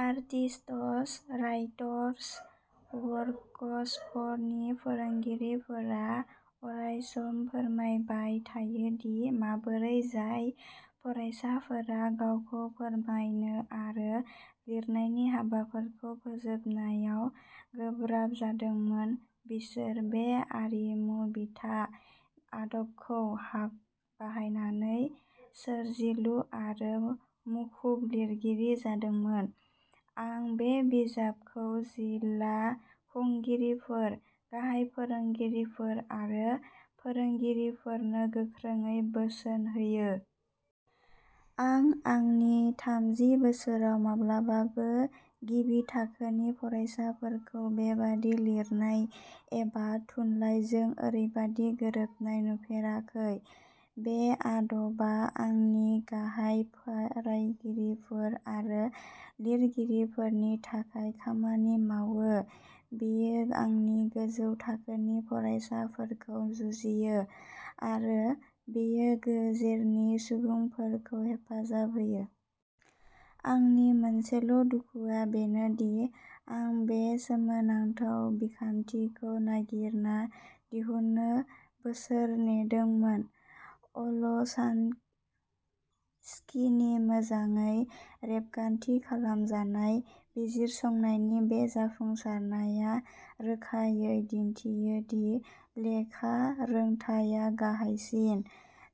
आर्टिस्ट्स/राइटर्स वर्कसपनि फोरोंगिरिफोरा अरायसम फोरमायबाय थायो दि माबोरै जाय फरायसाफोरा गावखौ फोरमायनो आरो लिरनायनि हाबाफोरखौ फोजोबनायाव गोब्राब जादोंमोन, बिसोर बे आरिमु-बिथा आदबखौ बाहायनानै सोरजिलु आरो मुखुब लिरगिरि जादोंमोन। आं बे बिजाबखौ जिल्ला खुंगिरिफोर, गाहाय फोरोंगिरिफोर आरो फोरोंगिरिफोरनो गोख्रोङै बोसोन होयो। आं आंनि थामजि बोसोराव माब्लाबाबो गिबि थाखोनि फरायसाफोरखौ बेबादि लिरनाय एबा थुनलाइजों ओरैबादि गोरोबनाय नुफेराखै। बे आदबा आंनि गाहाय फरायगिरिफोर आरो लिरगिरिफोरनि थाखाय खामानि मावो; बेयो आंनि गोजौ थाखोनि फरायसाफोरखौ जुजियो; आरो बेयो गेजेरनि सुबुंफोरखौ हेफाजाब होयो। आंनि मोनसेल'दुखुआ बेनो दि आं बे सोमोनांथाव बिखान्थिखौ नागिरना दिहुननो बोसोर नेदोंमोन! अलशानस्किनि मोजाङै रेबगान्थि खालामजानाय बिजिरसंनायनि बे जाफुंसारनाया रोखायै दिन्थियो दि लेखा रोंथाया-गाहायसिन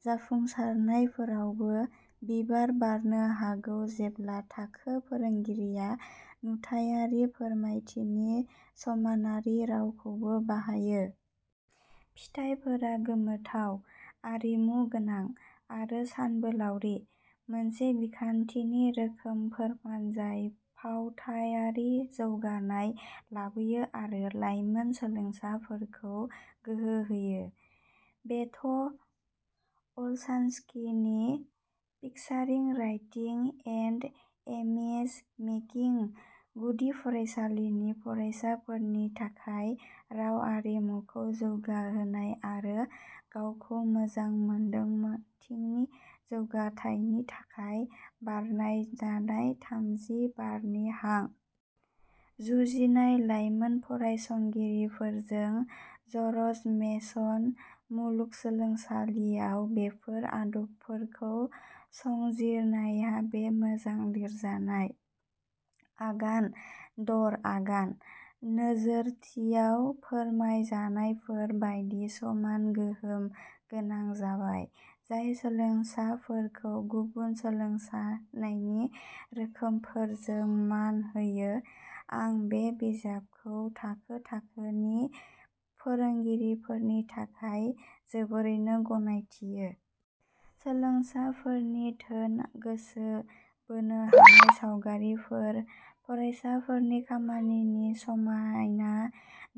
जाफुंसारनायफोरावबो-बिबार बारनो हागौ जेब्ला थाखो फोरोंगिरिया नुथायारि फोरमायथिनि समानारि रावखौबो बाहायो। फिथायफोरा गोमोथाव, आरिमुगोनां, आरो सानबोलावरि; मोनसे बिखान्थिनि रोखा फोरमान जाय फावथायारि जौगानाय लाबोयो आरो लाइमोन सोलोंसाफोरखौ गोहो होयो! बेथ अलशानस्किनि पिकचारिं राइटिं एन्ड इमेज-मेकिं। गुदि फरायसालिनि फरायसाफोरनि थाखाय राव आरिमुखौ जौगाहोनाय आरो गावखौ मोजां मोन्दांथिनि जौगाथायनि थाखाय बरनायनाया थाजिम बारनि हां। जुजिनाय लाइमोन फरायसंगिरिफोरजों जर्ज मेसन मुलुगसोलोंसालियाव बेफोर आदबफोरखौ संजिरनाया बे मोजाङै लिरजानाय, आगान-दर-आगान नोजोरथियाव फोरमायजानायफोर बायदि समान गोहोम गोनां जाबाय, जाय सोलोंसाफोरखौ गुबुन सोलोंनायनि रोखोमफोरजों मान होयो। आं बे बिजाबखौ थाखो थाखोनि फोरोंगिरिफोरनि थाखाय जोबोरैनो गनायथियो। सोलोंसाफोरनि धोनि, गोसो बोनो हानाय सावगारिफोर, फरायसाफोरनि खामानिनि समायना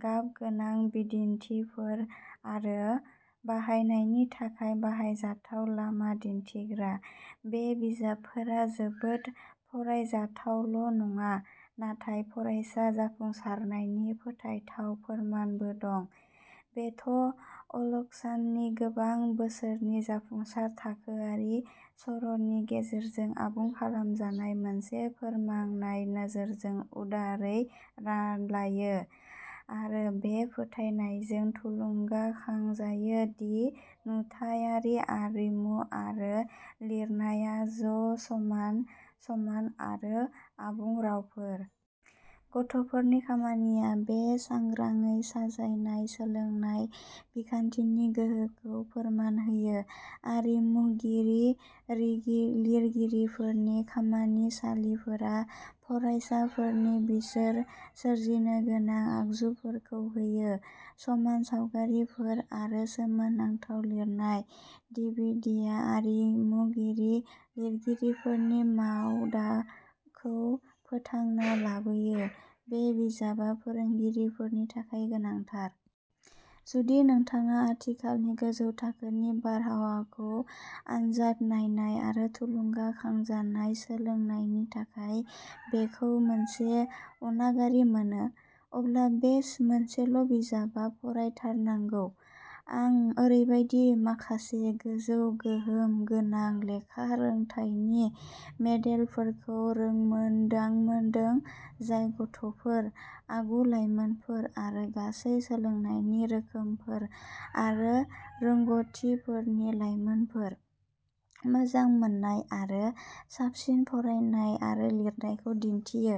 गाबगोनां बिदिन्थिफोर, आरो बाहायनायनि थाखाय बाहायजाथाव लामा दिन्थिग्रा, बे बिजाबफोरा जोबोद फरायजाथावल'नङा, नाथाय फरायसा जाफुंसारनायनि फोथायथाव फोरमानबो दं। बेथ अलशानस्किआ गोबां बोसोरनि जाफुंसार थाखोआरि सर'नि गेजेरजों आबुं खालामजानाय मोनसे फोरोंनाय नोजोरखौ उदारै रानलायो, आरो बे फोथायनायजों थुलुंगाखांजायो दि नुथायारि आरिमु आरो लिरनाया'समान, समान आरो आबुं रावफोर'। गथ'फोरनि खामानिया बे सांग्राङै साजायनाय सोलोंनाय बिखान्थिनि गोहोखौ फोरमान होयो। आरिमुगिरि िरगिरिफोरनि खामानिसालिफोरा फरायसाफोरनो बिसोर सोरजिनो गोनां आगजुफोरखौ होयो। समायना सावगारिफोर आरो सोमोनांथाव लिरनाय। डिभिडिया आरिमुगिरि िरगिरिफोरनि मावबादाखौ फोथांना लाबोयो! बे बिजाबआ फोरोंगिरिफोरनि थाखाय गोनांथार। जुदि नोंथाङा आथिखालनि गोजौ थाखोनि बारहावाखौ आनजाद नायनाय आरो थुलुंगाखांजानाय सोलोंनायनि थाखाय बेखौ मोनसे अनागारि मोनो, अब्ला बे मोनसेल'बिजाबआ "फरायथारनांगौ! " आं ओरैबायदि माखासे गोजौ गोहोम गोनां लेखा रोंथायनि मडेलफोरखौ रोंमोनदांदोंमोन, जाय गथ'फोर, आगु-लाइमोनफोर आरो गासै सोलोंनायनि रोखोमफोर आरो रोंग'थिफोरनि लायमोनफोर, मोजां मोननाय आरो साबसिन फरायनाय आरो लिरनायखौ दिन्थियो।